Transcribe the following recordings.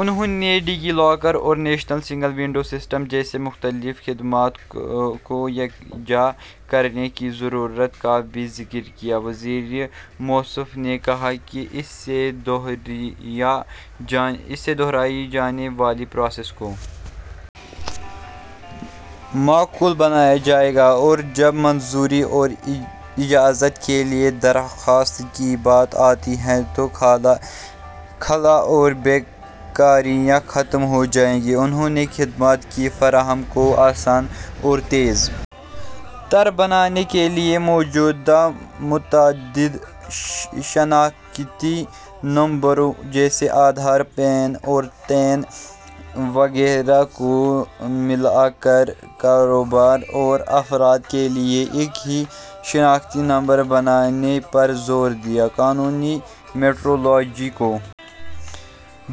انہوں نے DigiLocker اور نیشنل سنگل ونڈو سسٹم جیسی مختلف خدمات کو یکجا کرنے کی ضرورت کا بھی ذکر کیا وزیر موصوف نے کہا کہ اس سے دوہرائے جانے والے پروسیس کو معقول بنایا جائے گا اور جب منظوری اور اجازت کے لیے درخواست کی بات آتی ہے تو خلا اور بیکاریاں ختم ہو جائیں گی انہوں نے خدمات کی فراہمی کو آسان اور تیز تر بنانے کے لیے موجودہ متعدد شناختی نمبروں جیسے آدھار پین اور ٹین وغیرہ کو ملا کر کاروبار اور افراد کے لیے ایک ہی شناختی نمبر بنانے پر زور دیا قانونی میٹرولوجی کو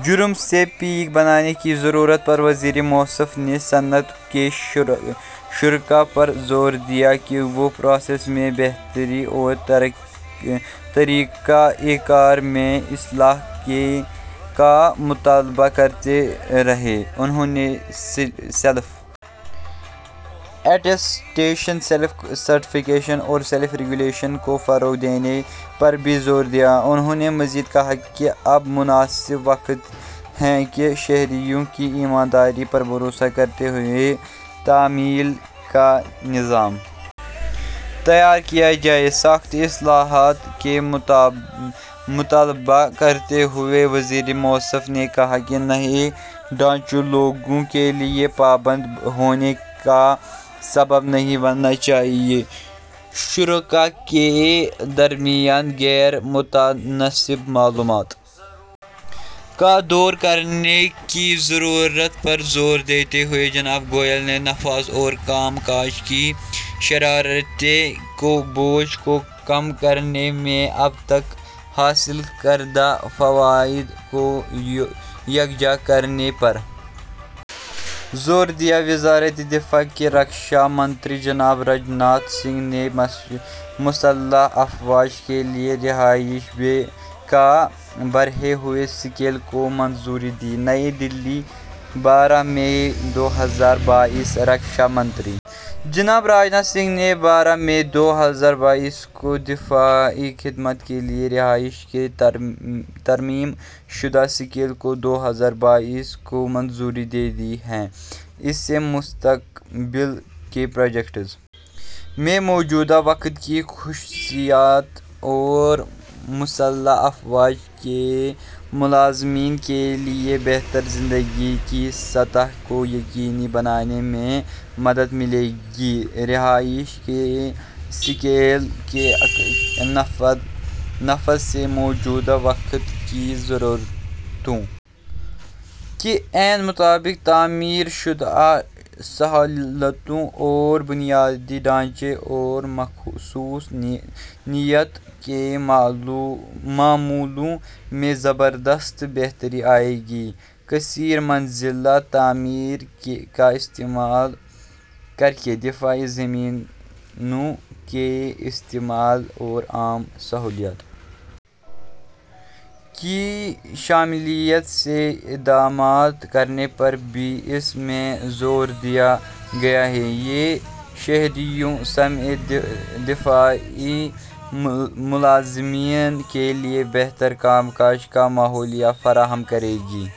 جرم سے پاک بنانے کی ضرورت پر وزیر موصوف نے صنعت کے شرکا پر زور دیا کہ وہ پروسیس میں بہتری اور طریقہ کار میں اصلاح کا مطالبہ کرتے رہیں انہوں نے سیلف اٹیسٹیشن سیلف سرٹیفیکیشن اور سیلف ریگولیشن کو فروغ دینے پر بھی زور دیا انہوں نے مزید کہا کہ اب مناسب وقت ہے کہ شہریوں کی ایمانداری پر بھروسہ کرتے ہوئے تعمیل کا نظام تیار کیا جائے سخت اصلاحات کا مطالبہ کرتے ہوئے وزیر موصوف نے کہا کہ نئے ڈھانچے لوگوں کے لیے پابند ہونے کا سبب نہیں بننے چاہئیں شراکت داروں کے درمیان غیر متناسب معلومات کو دور کرنے کی ضرورت پر زور دیتے ہوئے جناب گوئل نے نفاذ اور کام کاج کی شرطوں کے بوجھ کو کم کرنے میں اب تک حاصل کردہ فوائد کو یکجا کرنے پر زور دیا وزارت دفاع کے رکشا منتری جناب راج ناتھ سنگھ نے مسلح افواج کے لیے رہائش کے بڑھے ہوئے اسکیل کو منظوری دی نئی دہلی بارہ مئی دو ہزار بائیس رکشا منتری جناب راج ناتھ سنگھ نے بارہ مئی دو ہزار بائیس کو دفاعی خدمات کے لیے رہائش کے ترمیم شدہ اسکیل دو ہزار بائیس کو منظوری دے دی ہے اس سے مستقبل کے پروجیکٹوں میں موجودہ وقت کی خصوصیات اور مسلح افواج کے ملازمین کے لیے بہتر زندگی کی سطح کو یقینی بنانے میں مدد ملے گی رہائش کے اسکیل کے نفاذ سے موجودہ وقت کی ضرورتوں کے عین مطابق تعمیر شدہ سہولتوں اور بنیادی ڈھانچے اور مخصوص نوعیت کے معاملوں میں زبردست بہتری آئے گی کثیر منزلہ تعمیر کا استعمال کر کے دفاعی زمینوں کے استعمال اور عام سہولتوں کی شمولیت سے اقدامات کرنے پر بھی اس میں زور دیا گیا ہے یہ شہریوں سمیت دفاعی ملازمین کے لیے بہتر کام کاج کا ماحول فراہم کرے گا